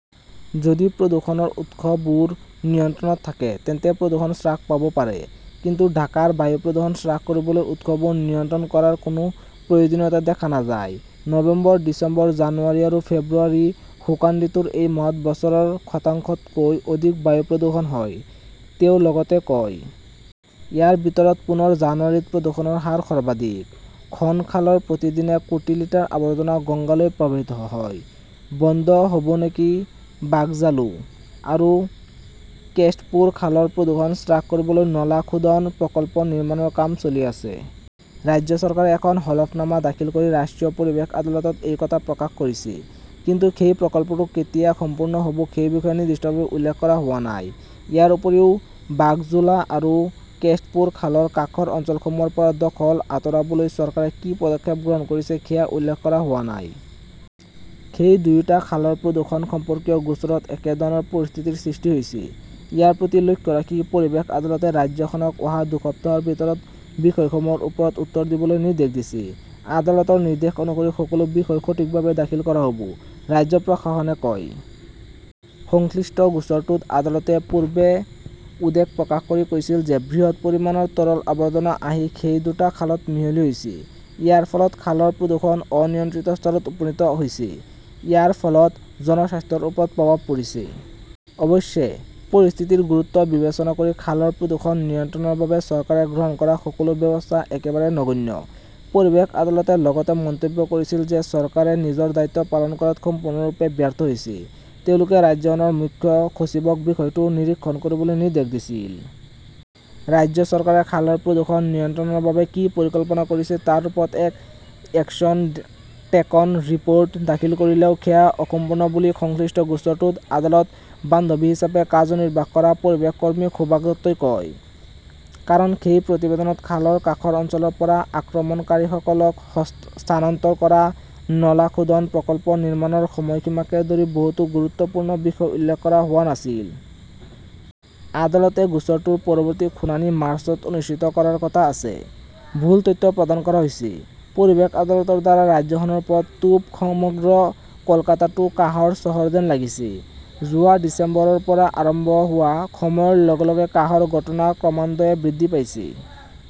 যদি প্ৰদূষণৰ উৎসবোৰ নিয়ন্ত্ৰণত থাকে, তেন্তে প্ৰদূষণ হ্ৰাস পাব পাৰে। কিন্তু ঢাকাৰ বায়ু প্ৰদূষণ হ্ৰাস কৰিবলৈ উৎসবোৰ নিয়ন্ত্ৰণ কৰাৰ কোনো প্ৰয়োজনীয়তা দেখা নাযায়। "নৱেম্বৰ, ডিচেম্বৰ, জানুৱাৰী আৰু ফেব্ৰুৱাৰী-শুকান ঋতুৰ এই মাহত বছৰৰ শতাংশতকৈ অধিক বায়ু প্ৰদূষণ হয়", তেওঁ লগতে কয়। ইয়াৰ ভিতৰত পুনৰ জানুৱাৰীত প্ৰদূষণৰ হাৰ সৰ্বাধিক। "। খন খালৰ প্ৰতিদিনে কোটি লিটাৰ আৱৰ্জনা গংগালৈ প্ৰৱাহিত হয়, বন্ধ হ 'ব নেকি বাগজোলা আৰু কেষ্টপুৰ খালৰ প্ৰদূষণ হ্ৰাস কৰিবলৈ নলা শোধন প্ৰকল্প নিৰ্মাণৰ কাম চলি আছে। ৰাজ্য চৰকাৰে এখন হলফনামা দাখিল কৰি ৰাষ্ট্ৰীয় পৰিৱেশ আদালতত এই কথা প্ৰকাশ কৰিছে। কিন্তু সেই প্ৰকল্পটো কেতিয়া সম্পূৰ্ণ হ "ব সেই বিষয়ে নিৰ্দিষ্টভাৱে উল্লেখ কৰা হোৱা নাই। ইয়াৰ উপৰিও, বাগজোলা আৰু কেষ্টপুৰ খালৰ কাষৰ অঞ্চলসমূহৰ পৰা দখল আঁতৰাবলৈ চৰকাৰে কি পদক্ষেপ গ্ৰহণ কৰিছে সেয়া উল্লেখ কৰা হোৱা নাই। সেই দুয়োটা খালৰ প্ৰদূষণ সম্পৰ্কীয় গোচৰত একে ধৰণৰ পৰিস্থিতিৰ সৃষ্টি হৈছে। ইয়াৰ প্ৰতি লক্ষ্য ৰাখি পৰিৱেশ আদালতে ৰাজ্যখনক অহা দুসপ্তাহৰ ভিতৰত বিষয়সমূহৰ ওপৰত উত্তৰ দিবলৈ নিৰ্দেশ দিছে। আদালতৰ নিৰ্দেশ অনুসৰি সকলো বিষয় সঠিকভাৱে দাখিল কৰা হ "ব", ৰাজ্য প্ৰশাসনে কয়। সংশ্লিষ্ট গোচৰটোত আদালতে পূৰ্বে উদ্বেগ প্ৰকাশ কৰি কৈছিল যে বৃহৎ পৰিমাণৰ তৰল আৱৰ্জনা আহি সেই দুটা খালত মিহলি হৈছে। ইয়াৰ ফলত খালৰ প্ৰদূষণ অনিয়ন্ত্ৰিত স্তৰত উপনীত হৈছে। ইয়াৰ ফলত জনস্বাস্থ্যৰ ওপৰত প্ৰভাৱ পৰিছে। অৱশ্যে, পৰিস্থিতিৰ গুৰুত্ব বিবেচনা কৰি খালৰ প্ৰদূষণ নিয়ন্ত্ৰণৰ বাবে চৰকাৰে গ্ৰহণ কৰা সকলো ব্যৱস্থা একেবাৰে নগণ্য। পৰিৱেশ আদালতে লগতে মন্তব্য কৰিছিল যে চৰকাৰে নিজৰ দায়িত্ব পালন কৰাত সম্পূৰ্ণৰূপে ব্যৰ্থ হৈছে। তেওঁলোকে ৰাজ্যখনৰ মুখ্য সচিবক বিষয়টো নিৰীক্ষণ কৰিবলৈ নিৰ্দেশ দিছিল। ৰাজ্য চৰকাৰে খালৰ প্ৰদূষণ নিয়ন্ত্ৰণৰ বাবে কি পৰিকল্পনা কৰিছে তাৰ ওপৰত এক 'একশ্যন টেকন ৰিপ "ৰ্ট" দাখিল কৰিলেও সেয়া অসম্পূৰ্ণ বুলি সংশ্লিষ্ট গোচৰটোত আদালত-বান্ধৱী হিচাপে কাৰ্যনিৰ্বাহ কৰা পৰিৱেশ কৰ্মী সুভাষ দত্তই কয়। কাৰণ, সেই প্ৰতিবেদনত খালৰ কাষৰ অঞ্চলৰ পৰা আক্ৰমণকাৰীসকলক স্থানান্তৰ কৰা, নলা শোধন প্ৰকল্প নিৰ্মাণৰ সময়সীমাকে ধৰি বহুতো গুৰুত্বপূৰ্ণ বিষয় উল্লেখ কৰা হোৱা নাছিল। আদালতে গোচৰটোৰ পৰৱৰ্তী শুনানি মাৰ্চত অনুষ্ঠিত কৰাৰ কথা আছে। ভুল তথ্য প্ৰদান কৰা হৈছে, পৰিৱেশ আদালতৰ দ্বাৰা ৰাজ্যখনৰ ওপৰত 'তোপ' সমগ্ৰ কলকাতাটো কাহৰ চহৰ যেন লাগিছে! যোৱা ডিচেম্বৰৰ পৰা আৰম্ভ হোৱা সময়ৰ লগে লগে কাহৰ ঘটনা ক্ৰমান্বয়ে বৃদ্ধি পাইছে।